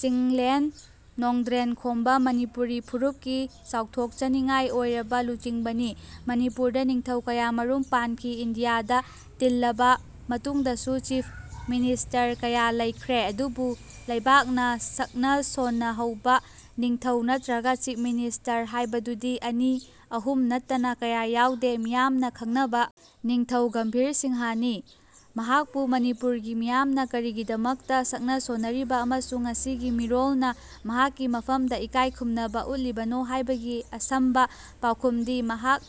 ꯆꯤꯡꯂꯦꯟ ꯅꯣꯡꯗ꯭ꯔꯦꯟꯈꯣꯝꯕ ꯃꯅꯤꯄꯨꯔꯤ ꯐꯨꯔꯨꯞꯀꯤ ꯆꯥꯎꯊꯣꯛꯆꯅꯤꯉꯥꯏ ꯑꯣꯏꯔꯕ ꯂꯨꯆꯤꯡꯕꯅꯤ ꯃꯅꯤꯄꯨꯔꯗ ꯅꯤꯡꯊꯧ ꯀꯌꯥꯃꯔꯨꯝ ꯄꯥꯟꯈꯤ꯫ ꯏꯟꯗꯤꯌꯥꯗ ꯇꯤꯜꯂꯕ ꯃꯇꯨꯡꯗꯁꯨ ꯆꯤꯐ ꯃꯤꯅꯤꯁꯇꯔ ꯀꯌꯥ ꯂꯩꯈ꯭ꯔꯦ꯫ ꯑꯗꯨꯕꯨ ꯂꯩꯕꯥꯛꯅ ꯁꯛꯅ-ꯁꯣꯟꯅꯍꯧꯕ ꯅꯤꯡꯊꯧ ꯅꯠꯇ꯭ꯔꯒ ꯆꯤꯐ ꯃꯤꯅꯤꯁꯇꯔ ꯍꯥꯏꯕꯗꯨꯗꯤ ꯑꯅꯤ ꯑꯍꯨꯝ ꯅꯠꯇꯅ ꯀꯌꯥ ꯌꯥꯎꯗꯦ꯫ ꯃꯤꯌꯥꯝꯅ ꯈꯪꯅꯕ ꯅꯤꯡꯊꯧ ꯒꯝꯚꯤꯔ ꯁꯤꯡꯍꯅꯤ꯫ ꯃꯍꯥꯛꯄꯨ ꯃꯅꯤꯄꯨꯔꯒꯤ ꯃꯤꯌꯥꯝꯅ ꯀꯔꯤꯒꯤꯗꯃꯛꯇ ꯁꯛꯅ-ꯁꯣꯟꯅꯔꯤꯕ ꯑꯃꯁꯨꯡ ꯉꯁꯤꯒꯤ ꯃꯤꯔꯣꯜꯅ ꯃꯍꯥꯛꯀꯤ ꯃꯐꯝꯗ ꯏꯀꯥꯏ ꯈꯨꯝꯅꯕ ꯎꯠꯂꯤꯕꯅꯣ ꯍꯥꯏꯕꯒꯤ ꯑꯁꯝꯕ ꯄꯥꯎꯈꯨꯝꯗꯤ ꯃꯍꯥꯛ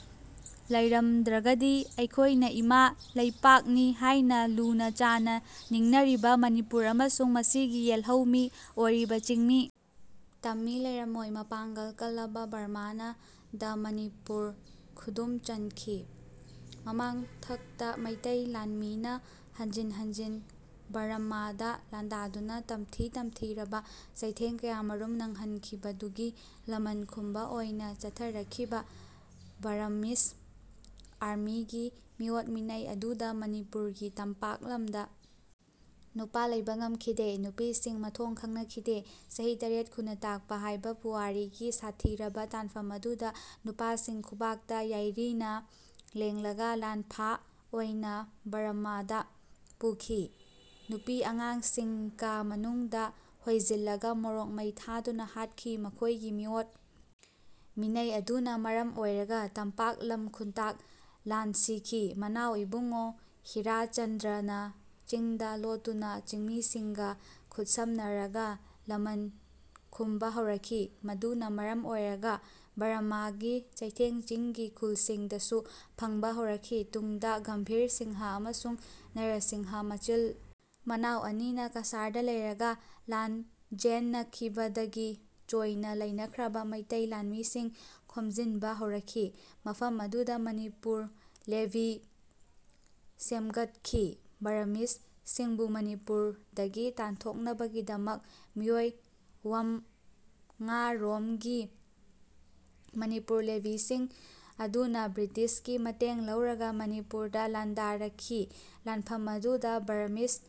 ꯂꯩꯔꯝꯗ꯭ꯔꯒꯗꯤ ꯑꯩꯈꯣꯏꯅ ꯏꯃꯥ ꯂꯩꯄꯥꯛꯅꯤ ꯍꯥꯏꯅ ꯂꯨꯅ-ꯆꯥꯟꯅ ꯅꯤꯡꯅꯔꯤꯕ ꯃꯅꯤꯄꯨꯔ ꯑꯃꯁꯨꯡ ꯃꯁꯤꯒꯤ ꯌꯦꯜꯍꯧꯃꯤ ꯑꯣꯏꯔꯤꯕ ꯆꯤꯡꯃꯤ ꯇꯝꯃꯤ ꯂꯩꯔꯝꯃꯣꯏ꯫ ꯃꯄꯥꯡꯒꯜ ꯀꯜꯂꯕ ꯕꯔꯃꯥꯅ ꯗ ꯃꯅꯤꯄꯨꯔ ꯈꯨꯗꯨꯝ ꯆꯟꯈꯤ꯫ ꯃꯃꯥꯡꯊꯛꯇ ꯃꯩꯇꯩ ꯂꯥꯟꯃꯤꯅ ꯍꯟꯖꯤꯟ ꯍꯟꯖꯤꯟ ꯕꯔꯝꯃꯥꯗ ꯂꯥꯟꯗꯥꯗꯨꯅ ꯇꯝꯊꯤ ꯇꯝꯊꯤꯔꯕ ꯆꯩꯊꯦꯡ ꯀꯌꯥꯃꯔꯨꯝ ꯅꯡꯍꯟꯈꯤꯕꯗꯨꯒꯤ ꯂꯃꯟ ꯈꯨꯝꯕ ꯑꯣꯏꯅ ꯆꯠꯊꯔꯛꯈꯤꯕ ꯕꯔꯝꯃꯤꯖ ꯑꯥꯔꯃꯤꯒꯤ ꯃꯤꯑꯣꯠ ꯃꯤꯅꯩ ꯑꯗꯨꯗ ꯃꯅꯤꯄꯨꯔꯒꯤ ꯇꯝꯄꯥꯛ ꯂꯝꯗ ꯅꯨꯄ ꯂꯩꯕ ꯉꯝꯈꯤꯗꯦ꯫ ꯅꯨꯄꯤꯁꯤꯡ ꯃꯊꯣꯡ ꯈꯪꯅꯈꯤꯗꯦ꯫ ꯆꯍꯤ ꯇꯔꯦꯠ ꯈꯨꯅꯇꯥꯛꯄ ꯍꯥꯏꯕ ꯄꯨꯋꯥꯔꯤꯒꯤ ꯁꯥꯠꯊꯤꯔꯕ ꯇꯥꯟꯐꯝ ꯑꯗꯨꯗ ꯅꯨꯄꯥꯁꯤꯡ ꯈꯨꯕꯥꯛꯇ ꯌꯥꯏꯔꯤꯅ ꯂꯦꯡꯂꯒ ꯂꯥꯟꯐꯥ ꯑꯣꯏꯅ ꯕꯔꯝꯝꯥꯗ ꯄꯨꯈꯤ꯫ ꯅꯨꯄꯤ ꯑꯉꯥꯡꯁꯤꯡ ꯀꯥ ꯃꯅꯨꯡꯗ ꯍꯣꯏꯖꯤꯜꯂꯒ ꯃꯣꯔꯣꯛ ꯃꯩ ꯊꯥꯗꯨꯅ ꯍꯥꯠꯈꯤ꯫ ꯃꯈꯣꯏꯒꯤ ꯃꯤꯑꯣꯠ ꯃꯤꯅꯩ ꯑꯗꯨꯅ ꯃꯔꯝ ꯑꯣꯏꯔꯒ ꯇꯝꯄꯥꯛ ꯂꯝ ꯈꯨꯟꯇꯥꯛ ꯂꯥꯟꯁꯤꯈꯤ꯫ ꯃꯅꯥꯎ ꯏꯕꯨꯉꯣ ꯍꯤꯔꯥꯆꯟꯗ꯭ꯔꯅ ꯆꯤꯡꯗ ꯂꯣꯠꯇꯨꯅ ꯆꯤꯡꯃꯤꯁꯤꯡꯒ ꯈꯨꯠꯁꯝꯅꯔꯒ ꯂꯃꯟ ꯈꯨꯝꯕ ꯍꯧꯔꯛꯈꯤ꯫ ꯃꯗꯨꯅ ꯃꯔꯝ ꯑꯣꯏꯔꯒ ꯕꯔꯝꯃꯥꯒꯤ ꯆꯩꯊꯦꯡ ꯆꯤꯡꯒꯤ ꯈꯨꯜꯁꯤꯡꯗꯁꯨ ꯐꯪꯕ ꯍꯧꯔꯛꯈꯤ꯫ ꯇꯨꯡꯗ ꯒꯝꯚꯤꯔ ꯁꯤꯡꯍ ꯑꯃꯁꯨꯡ ꯅꯔꯁꯤꯡꯍ ꯃꯆꯤꯜ ꯃꯅꯥꯎ ꯑꯅꯤꯅ ꯀꯁꯥꯔꯗ ꯂꯩꯔꯒ ꯂꯥꯟꯖꯦꯟꯅꯈꯤꯕꯗꯒꯤ ꯆꯣꯏꯅ ꯂꯩꯅꯈ꯭ꯔꯕ ꯃꯩꯇꯩ ꯂꯥꯟꯃꯤꯁꯤꯡ ꯈꯣꯝꯖꯤꯟꯕ ꯍꯧꯔꯛꯈꯤ꯫ ꯃꯐꯝ ꯑꯗꯨꯗ ꯃꯅꯤꯄꯨꯔ ꯂꯦꯚꯤ ꯁꯦꯝꯒꯠꯈꯤ꯫ ꯕꯔꯝꯃꯤꯖꯁꯤꯡꯕꯨ ꯃꯅꯤꯄꯨꯔꯗꯒꯤ ꯇꯥꯟꯊꯣꯛꯅꯕꯒꯤꯗꯃꯛ ꯃꯤꯑꯣꯏ ꯋꯝꯉꯥꯔꯣꯝꯒꯤ ꯃꯅꯤꯄꯨꯔ ꯂꯦꯚꯤꯁꯤꯡ ꯑꯗꯨꯅ ꯕ꯭ꯔꯤꯇꯤꯁꯀꯤ ꯃꯇꯦꯡ ꯂꯧꯔꯒ ꯃꯅꯤꯄꯨꯔꯗ ꯂꯥꯟꯗꯥꯔꯛꯈꯤ꯫ ꯂꯥꯟꯐꯝ ꯑꯗꯨꯗ ꯕꯔꯝꯃꯤꯖ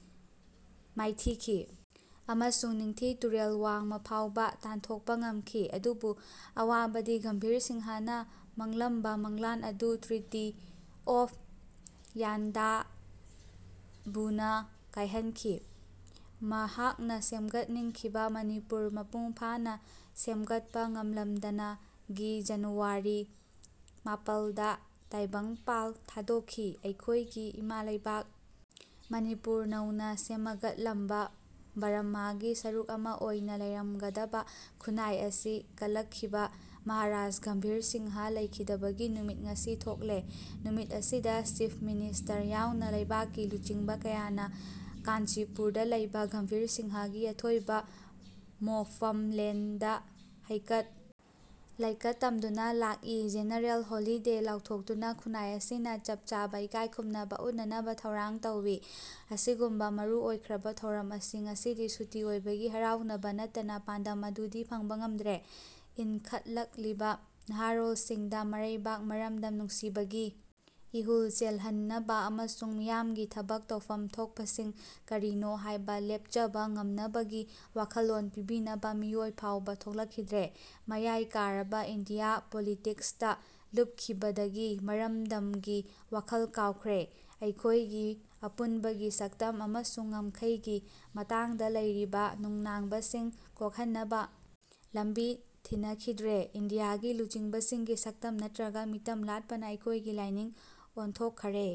ꯃꯥꯏꯊꯤꯈꯤ ꯑꯃꯁꯨꯡ ꯅꯤꯡꯊꯤ ꯇꯨꯔꯦꯜ ꯋꯥꯡꯃ ꯐꯥꯎꯕ ꯇꯥꯟꯊꯣꯛꯄ ꯉꯝꯈꯤ꯫ ꯑꯗꯨꯕꯨ ꯑꯋꯥꯕꯗꯤ ꯒꯝꯚꯤꯔ ꯁꯤꯡꯍꯅ ꯃꯪꯂꯝꯕ ꯃꯪꯂꯥꯟ ꯑꯗꯨ ꯇ꯭ꯔꯤꯇꯤ ꯑꯣꯐ ꯌꯥꯟꯗꯥꯕꯨꯅ ꯀꯥꯏꯍꯟꯈꯤ꯫ ꯃꯍꯥꯛꯅ ꯁꯦꯝꯒꯠꯅꯤꯡꯈꯤꯕ ꯃꯅꯤꯄꯨꯔ ꯃꯄꯨꯡ ꯐꯥꯅ ꯁꯦꯝꯒꯠꯄ ꯉꯝꯂꯝꯗꯅ ꯒꯤ ꯖꯥꯅꯨꯋꯥꯔꯤ ꯃꯄꯜꯗ ꯇꯥꯏꯕꯪꯄꯥꯜ ꯊꯥꯗꯣꯛꯈꯤ꯫ ꯑꯩꯈꯣꯏꯒꯤ ꯏꯃꯥ ꯂꯩꯄꯥꯛ ꯃꯅꯤꯄꯨꯔ ꯅꯧꯅ ꯁꯦꯃꯒꯠꯂꯝꯕ, ꯕꯔꯝꯃꯥꯒꯤ ꯁꯔꯨꯛ ꯑꯃ ꯑꯣꯏꯅ ꯂꯩꯔꯝꯒꯗꯕ ꯈꯨꯟꯅꯥꯏ ꯑꯁꯤ ꯀꯜꯂꯛꯈꯤꯕ ꯃꯍꯥꯔꯥꯖ ꯒꯝꯚꯤꯔ ꯁꯤꯡꯍ ꯂꯩꯈꯤꯗꯕꯒꯤ ꯅꯨꯃꯤꯠ ꯉꯁꯤ ꯊꯣꯛꯂꯦ꯫ ꯅꯨꯃꯤꯠ ꯑꯁꯤꯗ ꯆꯤꯐ ꯃꯤꯅꯤꯁꯇꯔ ꯌꯥꯎꯅ ꯂꯩꯕꯥꯛꯀꯤ ꯂꯨꯆꯤꯡꯕ ꯀꯌꯥꯅ ꯀꯥꯟꯆꯤꯄꯨꯔꯗ ꯂꯩꯕ ꯒꯝꯚꯤꯔ ꯁꯤꯡꯍꯒꯤ ꯑꯊꯣꯏꯕ ꯃꯣꯐꯝꯂꯦꯟꯗ ꯍꯩꯀꯠ ꯂꯩꯀꯠ ꯇꯝꯗꯨꯅ ꯂꯥꯛꯏ꯫ ꯖꯦꯅꯔꯦꯜ ꯍꯣꯂꯤꯗꯦ ꯂꯥꯎꯊꯣꯛꯇꯨꯅ ꯈꯨꯟꯅꯥꯏ ꯑꯁꯤꯅ ꯆꯞ ꯆꯥꯕ ꯏꯀꯥꯏ ꯈꯨꯝꯅꯕ ꯎꯠꯅꯅꯕ ꯊꯧꯔꯥꯡ ꯇꯧꯏ꯫ ꯑꯁꯤꯒꯨꯝꯕ ꯃꯔꯨꯑꯣꯏꯈ꯭ꯔꯕ ꯊꯧꯔꯝ ꯑꯁꯤ ꯉꯁꯤꯗꯤ ꯁꯨꯇꯤ ꯑꯣꯏꯕꯒꯤ ꯍꯔꯥꯎꯅꯕ ꯅꯠꯇꯅ ꯄꯥꯟꯗꯝ ꯑꯗꯨꯗꯤ ꯐꯪꯕ ꯉꯝꯗ꯭ꯔꯦ꯫ ꯏꯟꯈꯠꯂꯛꯂꯤꯕ ꯅꯍꯥꯔꯣꯜꯁꯤꯡꯗ ꯃꯔꯩꯕꯥꯛ ꯃꯔꯝꯗꯝ ꯅꯨꯡꯁꯤꯕꯒꯤ ꯏꯍꯨꯜ ꯆꯦꯜꯍꯟꯅꯕ ꯑꯃꯁꯨꯡ ꯃꯤꯌꯥꯝꯒꯤ ꯊꯕꯛ ꯇꯧꯐꯝ ꯊꯣꯛꯄꯁꯤꯡ ꯀꯔꯤꯅꯣ ꯍꯥꯏꯕ ꯂꯦꯞꯆꯕ ꯉꯝꯅꯕꯒꯤ ꯋꯥꯈꯜꯂꯣꯟ ꯄꯤꯕꯤꯅꯕ ꯃꯤꯑꯣꯏ ꯐꯥꯎꯕ ꯊꯣꯛꯂꯛꯈꯤꯗ꯭ꯔꯦ꯫ ꯃꯌꯥꯏ ꯀꯥꯔꯕ ꯏꯟꯗꯤꯌꯥ ꯄꯣꯂꯤꯇꯤꯛꯁꯇ ꯂꯨꯞꯈꯤꯕꯗꯒꯤ ꯃꯔꯝꯗꯝꯒꯤ ꯋꯥꯈꯜ ꯀꯥꯎꯈ꯭ꯔꯦ꯫ ꯑꯩꯈꯣꯏꯒꯤ ꯑꯄꯨꯟꯕꯒꯤ ꯁꯛꯇꯝ ꯑꯃꯁꯨꯡ ꯉꯝꯈꯩꯒꯤ ꯃꯇꯥꯡꯗ ꯂꯩꯔꯤꯕ ꯅꯨꯡꯅꯥꯡꯕꯁꯤꯡ ꯀꯣꯛꯍꯟꯅꯕ ꯂꯝꯕꯤ ꯊꯤꯅꯈꯤꯗ꯭ꯔꯦ꯫ ꯏꯟꯗꯤꯌꯥꯒꯤ ꯂꯨꯆꯤꯡꯕꯁꯤꯡꯒꯤ ꯁꯛꯇꯝ ꯅꯠꯇ꯭ꯔꯒ ꯃꯤꯇꯝ ꯂꯥꯠꯄꯅ ꯑꯩꯈꯣꯏꯒꯤ ꯂꯥꯏꯅꯤꯡ ꯑꯣꯟꯊꯣꯛꯈꯔꯦ꯫